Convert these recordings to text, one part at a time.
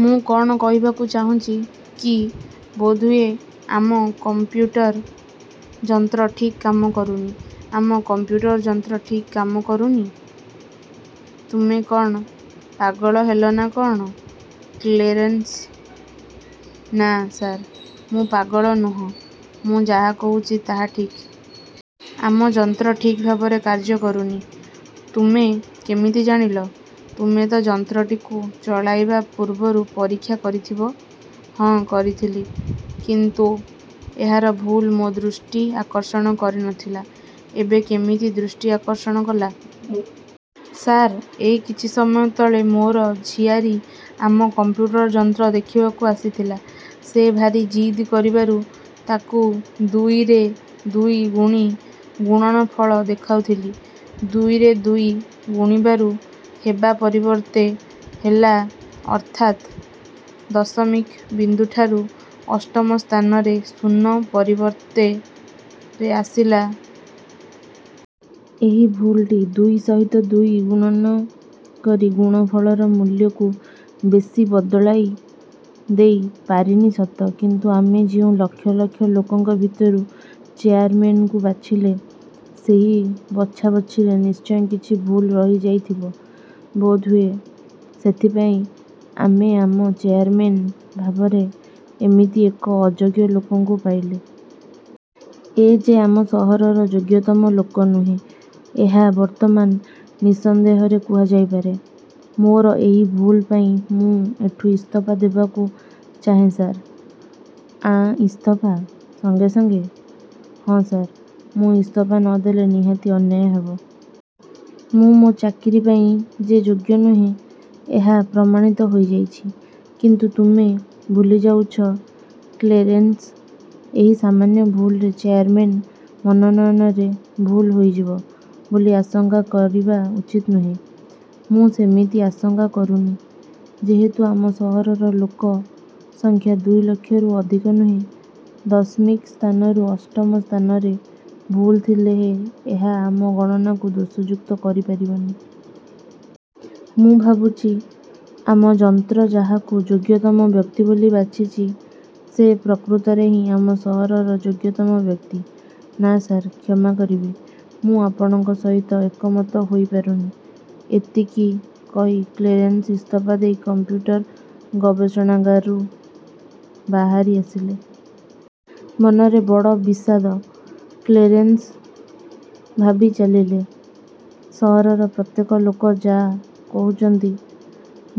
ମୁଁ କ'ଣ କହିବାକୁ ଚାହୁଁଛି କି ବୋଧହୁଏ ଆମ କଂପ୍ୟୁଟର ଯନ୍ତ୍ର ଠିକ୍ କାମ କରୁନି। ' 'ଆମ କଂପ୍ୟୁଟର ଯନ୍ତ୍ର ଠିକ୍ କାମ କରୁନି? ତୁମେ କ'ଣ ପାଗଳ ହେଲ ନା କଅଣ କ୍ଳେରେନସ୍? ' 'ନା, ସାର୍। ମୁଁ ପାଗଳ ନୁହଁ, ମୁଁ ଯାହା କହୁଛି ତାହା ଠିକ୍। ଆମ ଯନ୍ତ୍ର ଠିକ୍ ଭାବରେ କାର୍ଯ୍ୟ କରୁନି। ' 'ତୁମେ କେମିତି ଜାଣିଲ? ତୁମେ ତ ଯନ୍ତ୍ରଟିକୁ ଚଳାଇବା ପୂର୍ବରୁ ପରୀକ୍ଷା କରିଥିବ? ' 'ହଁ, କରିଥିଲି; କିନ୍ତୁ ଏହାର ଭୁଲ୍ ମୋ ଦୃଷ୍ଟି ଆକର୍ଷଣ କରି ନ ଥିଲା। 'ଏବେ କେମିତି ଦୃଷ୍ଟି ଆକର୍ଷଣ କଲା। ' 'ସାର୍, ଏଇ କିଛି ସମୟ ତଳେ ମୋର ଝିଆରୀ ଆମ କଂପ୍ୟୁଟର ଯନ୍ତ୍ର ଦେଖିବାକୁ ଆସିଥିଲା। ସେ ଭାରି ଜିଦ୍ କରିବାରୁ ତାକୁ ଦୁଇରେ ଦୁଇ ଗୁଣି ଗୁଣନ ଫଳ ଦେଖାଉଥିଲି। ଦୁଇରେ ଦୁଇ ଗୁଣିବାରୁ, ହେବା ପରିବର୍ତ୍ତେ, ହେଲା; ଅର୍ଥାତ୍ ଦଶମିକ ବିନ୍ଦୁଠାରୁ ଅଷ୍ଟମ ସ୍ଥାନରେ ଶୂନ ପରିବର୍ତ୍ତରେ ଆସିଲା। ଏହି ଭୁଲଟି ଦୁଇ ସହିତ ଦୁଇ ଗୁଣନ କରି ଗୁଣଫଳର ମୂଲ୍ୟକୁ ବେଶି ବଦଳାଇ ଦେଇ ପାରିନି ସତ; କିନ୍ତୁ ଆମେ ଯେଉଁ ଲକ୍ଷ ଲକ୍ଷ ଲୋକଙ୍କ ଭିତରୁ ଚେୟାରମେନଙ୍କୁ ବାଛିଲେ, ସେହି ବଛାବଛିରେ ନିଶ୍ଚୟ କିଛି ଭୁଲ ରହି ଯାଇ ଥିବ। ବୋଧହୁଏ ସେଥିପାଇଁ ଆମେ ଆମ ଚେୟାରମେନ୍ ଭାବରେ ଏମିତି ଏକ ଅଯୋଗ୍ୟଲୋକଙ୍କୁ ପାଇଲେ। ଏ ଯେ ଆମ ସହରର ଯୋଗ୍ୟତମ ଲୋକ ନୁହେଁ, ଏହା ବର୍ତ୍ତମାନ ନିଃସନ୍ଦେହରେ କୁହା ଯାଇପାରେ। 'ମୋର ଏହି ଭୁଲ ପାଇଁ ମୁଁ ଏଠୁ ଇସ୍ତଫା ଦେବାକୁ ଚାହେଁ ସାର୍। ' 'ଆଁ ଇସ୍ତଫା? ସଙ୍ଗେ ସଙ୍ଗେ? ' 'ହଁ, ସାର। ମୁଁ ଇସ୍ତଫା ନ ଦେଲେ ନିହାତି ଅନ୍ୟାୟ ହେବ। ମୁଁ ମୋ ଚାକିରି ପାଇଁ ଯେ ଯୋଗ୍ୟ ନୁହେଁ, ଏହା ପ୍ରମାଣିତ ହୋଇଯାଇଛି। ' 'କିନ୍ତୁ ତୁମେ ଭୁଲିଯାଉଛ କ୍ଳେରେନସ୍, ଏହି ସାମାନ୍ୟ ଭୁଲରେ ଚେୟାରମେନ୍ ମନୋନୟନରେ ଭୁଲ ହୋଇଯିବ ବୋଲି ଆଶଙ୍କା କରିବା ଉଚିତ ନୁହେଁ। ମୁଁ ସେମିତି ଆଶଙ୍କା କରୁନି। ଯେହେତୁ ଆମ ସହରର ଲୋକ ସଂଖ୍ୟା ଦୁଇ ଲକ୍ଷରୁ ଅଧିକ ନୁହେ, ଦଶମିକ ସ୍ଥାନରୁ ଅଷ୍ଟମ ସ୍ଥାନରେ ଭୁଲ ଥିଲେ ହେ ଏହା ଆମ ଗଣନାକୁ ଦୋଷଯୁକ୍ତ କରି ପାରିବନି। ମୁଁ ଭାବୁଛି ଆମ ଯନ୍ତ୍ର ଯାହାକୁ ଯୋଗ୍ୟତମ ବ୍ୟକ୍ତି ବୋଲି ବାଛିଚି, ସେ ପ୍ରକୃତରେ ହିଁ ଆମ ସହରର ଯୋଗ୍ୟତମ ବ୍ୟକ୍ତି। ' 'ନା ସାର୍। କ୍ଷମା କରିବେ। ମୁଁ ଆପଣଙ୍କ ସହିତ ଏକମତ ହୋଇପାରୁନି। ' ଏତିକି କହି କ୍ଳେରେନସ୍ ଇସ୍ତଫା ଦେଇ କଂପ୍ୟୁଟର ଗବେଷଣାଗାରୁ ବାହାରି ଆସିଲେ-। ମନରେ ବଡ଼ ବିଷାଦ, କ୍ଳେରେନ୍ସ ଭାବି ଚାଲିଲେ, ''ସହରର ପ୍ରତ୍ୟେକ ଲୋକ ଯା' କହୁଚନ୍ତି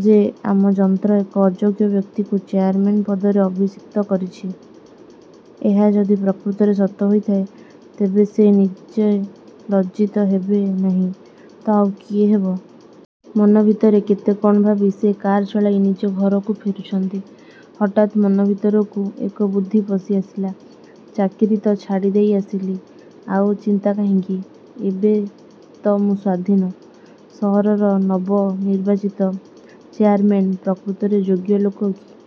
ଯେ ଆମ ଯନ୍ତ୍ର ଏକ ଅଯୋଗ୍ୟ ବ୍ୟକ୍ତିକୁ ଚେୟାରମେନ୍ ପଦରେ ଅଭିଷିକ୍ତ କରିଛି, ଏହା ଯଦି ପ୍ରକୃତରେ ସତ ହୋଇଥାଏ, ତେବେ ସେ ନିଜେ ଲଜ୍ଜିତ ହେବେ ନାହିଁ ତ ଆଉ କିଏ ହେବ-? '' ମନ ଭିତରେ କେତେ କ'ଣ ଭାବି ସେ କାର ଚଳାଇ ନିଜ ଘରକୁ ଫେରୁଛନ୍ତି, ହଠାତ୍ ମନ ଭିତରକୁ ଏକ ବୁଦ୍ଧି ପଶି ଆସିଲା। ''ଚାକିରି ତ ଛାଡ଼ି ଦେଇ ଆସିଲି, ଆଉ ଚିନ୍ତା କାହିଁକି? ଏବେ ତ ମୁଁ ସ୍ୱାଧୀନ। ସହରର ନବନିର୍ବାଚିତ ଚେୟାରମେନ୍ ପ୍ରକୃତରେ ଯୋଗ୍ୟ ଲୋକ କି